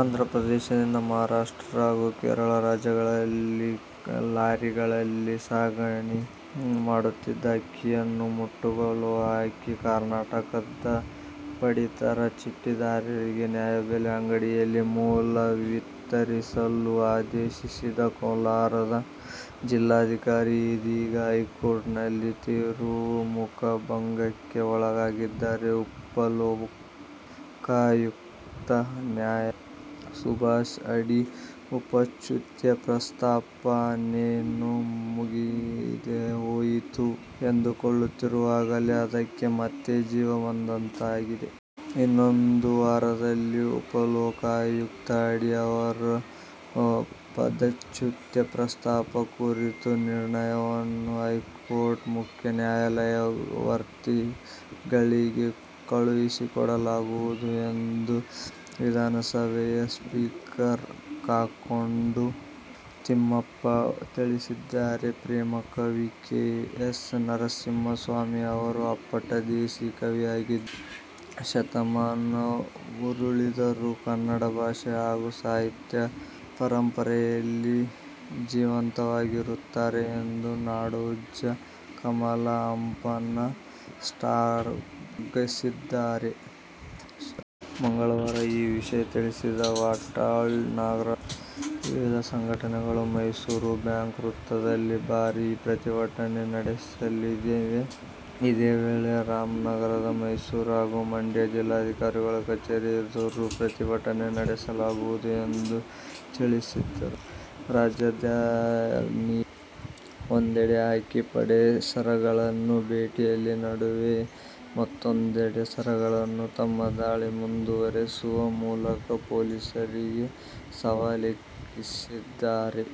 ಆಂಧ್ರಪ್ರದೇಶದಿಂದ ಮಹಾರಾಷ್ಟ್ರ ಹಾಗೂ ಕೇರಳ ರಾಜ್ಯಗಳಿಗೆ ಲಾರಿಗಳಲ್ಲಿ ಸಾಗಣೆ ಮಾಡುತ್ತಿದ್ದ ಅಕ್ಕಿಯನ್ನು ಮುಟ್ಟುಗೋಲು ಹಾಕಿ ಕರ್ನಾಟಕದ ಪಡಿತರ ಚೀಟಿದಾರರಿಗೆ ನ್ಯಾಯಬೆಲೆ ಅಂಗಡಿಗಳ ಮೂಲ ವಿತರಿಸಲು ಆದೇಶಿಸಿದ ಕೋಲಾರದ ಜಿಲ್ಲಾಧಿಕಾರಿ ಇದೀಗ ಹೈಕೋರ್ಟ್ನಲ್ಲಿ ತೀವ್ರ ಮುಖಭಂಗಕ್ಕೆ ಒಳಗಾಗಿದ್ದಾರೆ. ಉಪಲೋಕಾಯುಕ್ತ ನ್ಯಾ ಸುಭಾಷ್ ಅಡಿ ಪದಚ್ಯುತಿ ಪ್ರಸ್ತಾಪ ಇನ್ನೇನು ಮುಗಿದೇಹೋಯಿತು ಎಂದುಕೊಳ್ಳುತ್ತಿರುವಾಗಲೇ ಅದಕ್ಕೆ ಮತ್ತೆ ಜೀವ ಬಂದಂತಾಗಿದೆ. ಇನ್ನೊಂದು ವಾರದಲ್ಲಿ ಉಪಲೋಕಾಯುಕ್ತ ಅಡಿ ಅವರ ಪದಚ್ಯುತಿ ಪ್ರಸ್ತಾಪ ಕುರಿತ ನಿರ್ಣಯವನ್ನು ಹೈಕೋರ್ಟ್ ಮುಖ್ಯ ನ್ಯಾಯಮೂರ್ತಿಗಳಿಗೆ ಕಳುಹಿಸಿಕೊಡಲಾಗುವುದು ಎಂದು ವಿಧಾನಸಭೆಯ ಸ್ಪೀಕರ್ ಕಾಗೋಡು ತಿಮ್ಮಪ್ಪ ತಿಳಿಸಿದ್ದಾರೆ. ಪ್ರೇಮಕವಿ ಕೆ. ಎಸ್ ನರಸಿಂಹಸ್ವಾಮಿ ಅವರು ಅಪ್ಪಟ ದೇಸಿ ಕವಿಯಾಗಿದ್ದು, ಶತಮಾನ ಉರುಳಿದರೂ ಕನ್ನಡ ಭಾಷೆ ಹಾಗೂ ಸಾಹಿತ್ಯ ಪರಂಪರೆಯಲ್ಲಿ ಜೀವಂತವಾಗಿರುತ್ತಾರೆ ಎಂದು ನಾಡೋಜ ಕಮಲಾ ಹಂಪನಾ ಶ್ಲಾಘಿಸಿದ್ದಾರೆ. ಮಂಗಳವಾರ ಈ ವಿಷಯ ತಿಳಿಸಿದ ವಾಟಾಳ್ ನಾಗರಾಜ್, ವಿವಿಧ ಸಂಘಟನೆಗಳು ಮೈಸೂರು ಬ್ಯಾಂಕ್ ವೃತ್ತದಲ್ಲಿ ಭಾರಿ ಪ್ರತಿಭಟನೆ ನಡೆಸಲಿವೆ. ಇದೇ ವೇಳೆ ರಾಮನಗರ, ಮೈಸೂರು ಹಾಗೂ ಮಂಡ್ಯ ಜಿಲ್ಲಾಧಿಕಾರಿಗಳ ಕಚೇರಿ ಎದುರು ಪ್ರತಿಭಟನೆ ನಡೆಸಲಾಗುವುದು ಎಂದು ತಿಳಿಸಿದರು. ರಾಜಧಾನಿಯಲ್ಲಿ ಒಂದೆಡೆ ಖಾಕಿ ಪಡೆ ಸರಗಳ್ಳರ ಬೇಟೆಯ ನಡುವೆಯೇ ಮತ್ತೂಂದೆಡೆ ಸರಗಳ್ಳರು ತಮ್ಮ ದಾಳಿ ಮುಂದುವರಿಸುವ ಮೂಲಕ ಪೊಲೀಸರಿಗೆ ಸವಾಲೆಸೆದಿದ್ದಾರೆ.